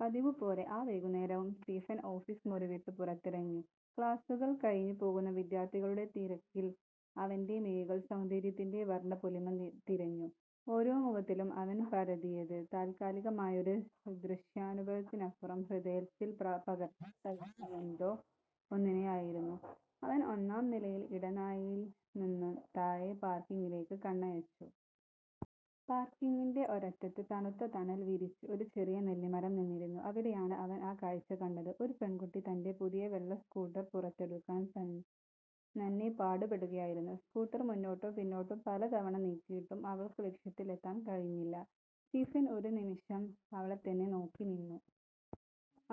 പതിവുപോലെ ആ വൈകുന്നേരവും സ്റ്റീഫൻ ഓഫീസ് മുറി വിട്ട് പുറത്തിറങ്ങി. ക്ലാസ്സുകൾ കഴിഞ്ഞ് പോകുന്ന വിദ്യാർത്ഥികളുടെ തിരിക്കിൽ അവന്റെ മിഴികൾ സൗന്ദര്യത്തിന്റെ വർണ്ണപ്പൊലിമ തിരഞ്ഞു. ഓരോ മുഖത്തിലും അവൻ പരതിയത്, താൽക്കാലികമായൊരു ദൃശ്യാനുഭവത്തിനപ്പുറം ഹൃദയത്തിൽ പകർത്താൻ കഴിയുന്ന എന്തോ ഒന്നിനെയായിരുന്നു. അവൻ ഒന്നാം നിലയിലെ ഇടനാഴിയിൽ നിന്ന് താഴെ പാർക്കിങ്ങിലേക്ക് കണ്ണയച്ചു. പാർക്കിങ്ങിന്റെ ഒരറ്റത്ത്, തണുത്ത തണൽ വിരിച്ച് ഒരു ചെറിയ നെല്ലിമരം നിന്നിരുന്നു. അവിടെയാണ് അവൻ ആ കാഴ്ച കണ്ടത്. ഒരു പെൺകുട്ടി തന്റെ പുതിയ വെള്ള സ്കൂട്ടർ പുറത്തെടുക്കാൻ നന്നേ പാടുപെടുകയായിരുന്നു. സ്കൂട്ടർ മുന്നോട്ടും പിന്നോട്ടും പലതവണ നീക്കിയിട്ടും അവൾക്ക് ലക്ഷ്യത്തിലെത്താൻ കഴിഞ്ഞില്ല. സ്റ്റീഫൻ ഒരു നിമിഷം അവളെത്തന്നെ നോക്കി നിന്നു.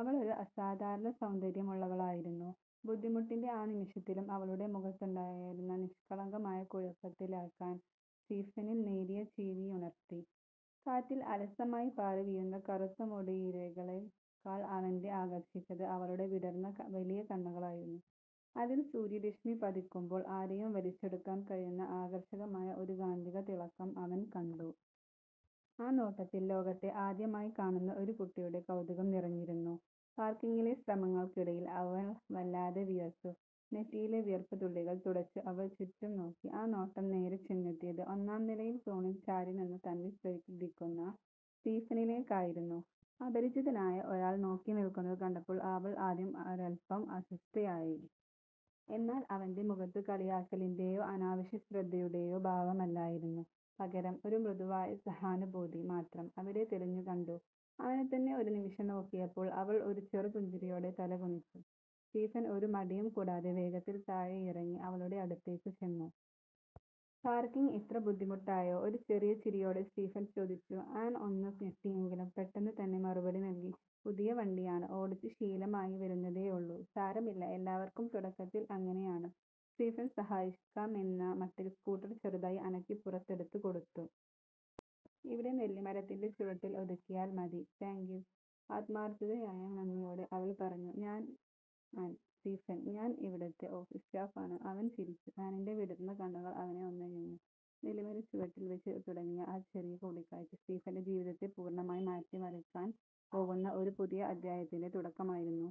അവളൊരു അസാധാരണ സൗന്ദര്യമുള്ളവളായിരുന്നു. ബുദ്ധിമുട്ടിന്റെ ആ നിമിഷത്തിലും അവളുടെ മുഖത്തുണ്ടായിരുന്ന നിഷ്കളങ്കമായ കുഴപ്പത്തിലാകൽ സ്റ്റീഫനിൽ നേരിയ ചിരിയുണർത്തി. കാറ്റിൽ അലസമായി പാറിവീഴുന്ന കറുത്ത മുടിയിഴകളെക്കാൾ അവനെ ആകർഷിച്ചത് അവളുടെ വിടർന്ന വലിയ കണ്ണുകളായിരുന്നു. അതിൽ സൂര്യരശ്മി പതിക്കുമ്പോൾ ആരെയും വലിച്ചെടുക്കാൻ കഴിയുന്ന ആകർഷകമായ ഒരു കാന്തിക തിളക്കം അവൻ കണ്ടു. ആ നോട്ടത്തിൽ, ലോകത്തെ ആദ്യമായി കാണുന്ന ഒരു കുട്ടിയുടെ കൗതുകം നിറഞ്ഞിരുന്നു. പാർക്കിങ്ങിലെ ശ്രമങ്ങൾക്കിടയിൽ അവൾ വല്ലാതെ വിയർത്തു. നെറ്റിയിലെ വിയർപ്പ് തുള്ളികൾ തുടച്ച് അവൾ ചുറ്റും നോക്കി. ആ നോട്ടം നേരെ ചെന്നെത്തിയത്, ഒന്നാം നിലയിലെ തൂണിൽ ചാരിനിന്ന് തന്നെ ശ്രദ്ധിക്കുന്ന സ്റ്റീഫനിലേക്കായിരുന്നു. അപരിചിതനായ ഒരാൾ നോക്കി നിൽക്കുന്നത് കണ്ടപ്പോൾ അവൾ ആദ്യം ഒരൽപ്പം അസ്വസ്ഥയായി. എന്നാൽ അവന്റെ മുഖത്ത് കളിയാക്കലിന്റെയോ അനാവശ്യ ശ്രദ്ധയുടെയോ ഭാവമില്ലായിരുന്നു; പകരം, ഒരു മൃദുവായ സഹാനുഭൂതി മാത്രം അവിടെ തെളിഞ്ഞു കണ്ടു. അവനെത്തന്നെ ഒരു നിമിഷം നോക്കിയ ശേഷം, അവൾ ഒരു ചെറു പുഞ്ചിരിയോടെ തലകുനിച്ചു. സ്റ്റീഫൻ ഒരു മടിയും കൂടാതെ വേഗത്തിൽ താഴെയിറങ്ങി അവളുടെ അടുത്തേക്ക് ചെന്നു. "പാർക്കിംഗ് ഇത്ര ബുദ്ധിമുട്ടായോ? " ഒരു ചെറിയ ചിരിയോടെ സ്റ്റീഫൻ ചോദിച്ചു. ആൻ ഒന്ന് ഞെട്ടിയെങ്കിലും പെട്ടെന്ന് തന്നെ മറുപടി നൽകി "പുതിയ വണ്ടിയാണ്. ഓടിച്ച് ശീലമായി വരുന്നതേയുള്ളൂ. " "സാരമില്ല, എല്ലാവർക്കും തുടക്കത്തിൽ അങ്ങനെയാണ്," സ്റ്റീഫൻ സഹായിക്കാമെന്ന മട്ടിൽ സ്കൂട്ടർ ചെറുതായി അനക്കി പുറത്തെടുത്ത് കൊടുത്തു. "ഇവിടെ നെല്ലിമരത്തിന്റെ ചുവട്ടിൽ ഒതുക്കിയാൽ മതി. " "താങ്ക് യു… " ആത്മാർത്ഥമായ നന്ദിയോടെ അവൾ പറഞ്ഞു. "ഞാൻ ആൻ. " "സ്റ്റീഫൻ. ഞാൻ ഇവിടുത്തെ ഓഫീസ് സ്റ്റാഫ് ആണ്," അവൻ ചിരിച്ചു. ആനിന്റെ വിടർന്ന കണ്ണുകൾ അവനെ ഒന്നുഴിഞ്ഞു. നെല്ലിമരച്ചുവട്ടിൽ വെച്ച് തുടങ്ങിയ ആ ചെറിയ കൂടിക്കാഴ്ച, സ്റ്റീഫന്റെ ജീവിതത്തെ പൂർണ്ണമായി മാറ്റിമറിക്കാൻ പോകുന്ന ഒരു പുതിയ അദ്ധ്യായത്തിന്റെ തുടക്കമായിരുന്നു.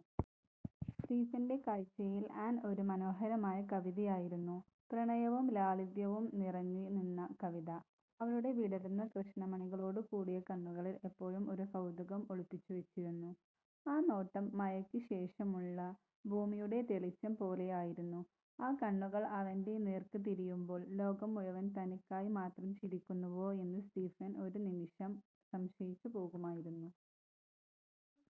സ്റ്റീഫന്റെ കാഴ്ചയിൽ ആൻ ഒരു മനോഹരമായ കവിതയായിരുന്നു. പ്രണയവും ലാളിത്യവും നിറഞ്ഞുനിന്ന കവിത. അവളുടെ വിടർന്ന കൃഷ്ണമണികളോടുകൂടിയ കണ്ണുകളിൽ എപ്പോഴും ഒരു കൗതുകം ഒളിപ്പിച്ചു വെച്ചിരുന്നു. ആ നോട്ടം, മഴയ്ക്ക് ശേഷമുള്ള ഭൂമിയുടെ തെളിച്ചം പോലെയായിരുന്നു. ആ കണ്ണുകൾ അവന്റെ നേർക്ക് തിരിയുമ്പോൾ, ലോകം മുഴുവൻ തനിക്കായി മാത്രം ചിരിക്കുന്നുവോ എന്ന് സ്റ്റീഫൻ ഒരു നിമിഷം സംശയിച്ചു പോകുമായിരുന്നു.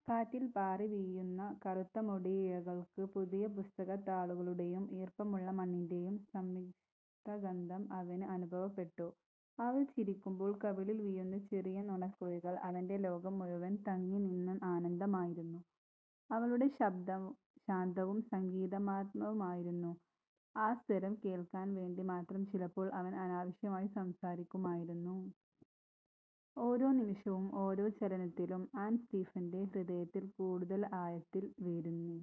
കാറ്റിൽ പാറിവീഴുന്ന കറുത്ത മുടിയിഴകൾക്ക് പുതിയ പുസ്തകത്താളുകളുടെയും ഈർപ്പമുള്ള മണ്ണിന്റെയും സമ്മിശ്രഗന്ധം അവന് അനുഭവപ്പെട്ടു. അവൾ ചിരിക്കുമ്പോൾ കവിളിൽ വീഴുന്ന ചെറിയ നുണക്കുഴികൾ, അവന്റെ ലോകം മുഴുവൻ തങ്ങിനിന്ന ആനന്ദമായിരുന്നു. അവളുടെ ശബ്ദം ശാന്തവും സംഗീതാത്മകവുമായിരുന്നു. ആ സ്വരം കേൾക്കാൻ വേണ്ടി മാത്രം ചിലപ്പോൾ അവൻ അനാവശ്യമായി സംസാരിക്കുമായിരുന്നു. ഓരോ നിമിഷവും, ഓരോ ചലനത്തിലും, ആൻ സ്റ്റീഫന്റെ ഹൃദയത്തിൽ കൂടുതൽ ആഴത്തിൽ വേരൂന്നി.